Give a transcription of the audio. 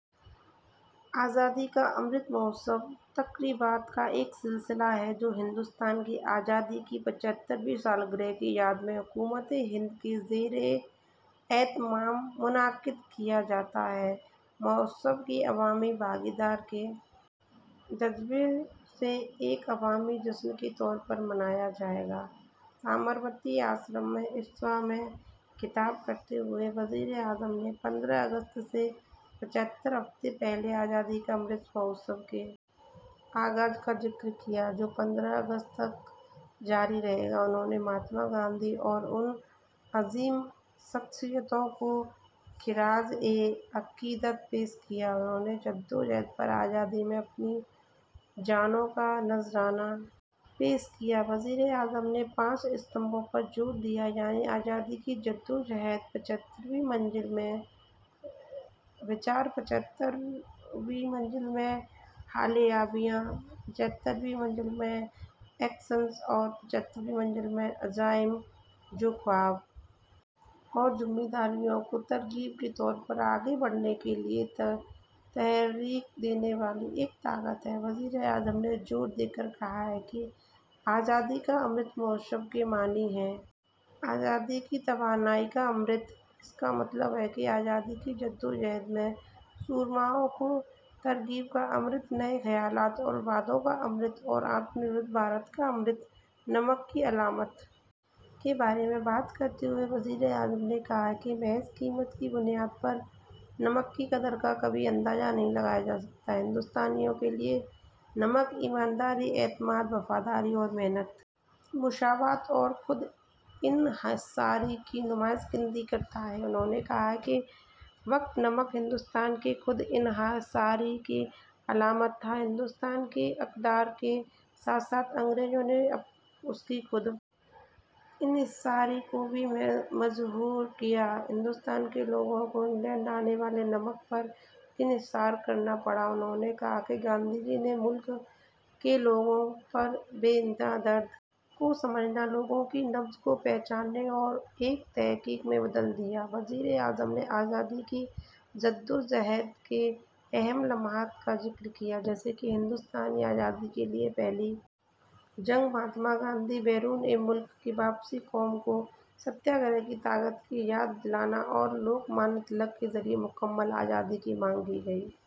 آزادی کا امرت مہوتسو تقریبات کا ایک سلسلہ ہے جو ہندوستان کی آزادی کی پچہترویں سالگرہ کی یاد میں حکومت ہند کے زیر اہتمام منعقد کیا جاتا ہے مہوتسو کو عوامی بھاگیداری کے جذبے سے ایک عوامی جشن کے طور پر منایا جائے گا سابرمتی آشرم میں اجتماع سے خطاب کرتے ہوئے وزیر اعظم نے پندرہ اگست سے پچہتر ہفتوں پہلے آزادی کا امرت مہوتسو کے آغاز کا ذکر کیا جو پندرہ اگست تک جاری رہے گا انہوں نے مہاتما گاندھی اور ان عظیم شخصیات کو خراج عقیدت پیش کیا جنہوں نے جدوجہد آزادی میں اپنی جانوں کا نذرانہ پیش کیا وزیر اعظم نے پانچ ستونوں پر زور دیا یعنی آزادی کی جدوجہد پچہترویں منزل میں نظریات پچہترویں منزل میں حصولیابیاں پچہترویں منزل میں ایکشنز اور پچہترویں منزل میں عزائم جو خوابوں اور ذمہ داریوں کو ترغیب کے طور پر آگے بڑھنے کے لیے تحریک دینے والی ایک طاقت ہیں وزیر اعظم نے زور دے کر کہا کہ آزادی کا امرت مہوتسو کے معنی ہیں آزادی کی توانائی کا امرت اس کا مطلب ہے آزادی کی جدوجہد کے سورماؤں کی ترغیب کا امرت نئے خیالات اور وعدوں کا امرت اور آتم نربھر بھارت کا امرت نمک کی علامت کے بارے میں بات کرتے ہوئے وزیر اعظم نے کہا کہ محض قیمت کی بنیاد پر نمک کی قدر کا کبھی اندازہ نہیں کیا جاتا ہندوستانیوں کے لیے نمک ایمانداری اعتماد وفاداری محنت مساوات اور خود انحصاری کی نمائندگی کرتا ہے انہوں نے کہا کہ اس وقت نمک ہندوستان کی خود انحصاری کی علامت تھا ہندوستان کی اقدار کے ساتھ ساتھ انگریزوں نے اس کی خود انحصاری کو بھی مجروح کیا ہندوستان کے لوگوں کو انگلینڈ سے آنے والے نمک پر انحصار کرنا پڑا انہوں نے کہا کہ گاندھی جی نے ملک کے لوگوں کے اس بے انتہا درد کو سمجھا لوگوں کی نبض کو پہچانا اور اسے ایک تحریک میں بدل دیا وزیر اعظم نے آزادی کی جدوجہد کے اہم لمحات کا ذکر کیا جیسے ہندوستان کی آزادی کے لیے پہلی جنگ مہاتما گاندھی کی بیرون ملک سے واپسی قوم کو ستیہ گرہ کی طاقت کی یاد دلانا اور لوک مانیہ تلک کے ذریعہ مکمل آزادی کی مانگ کی گئی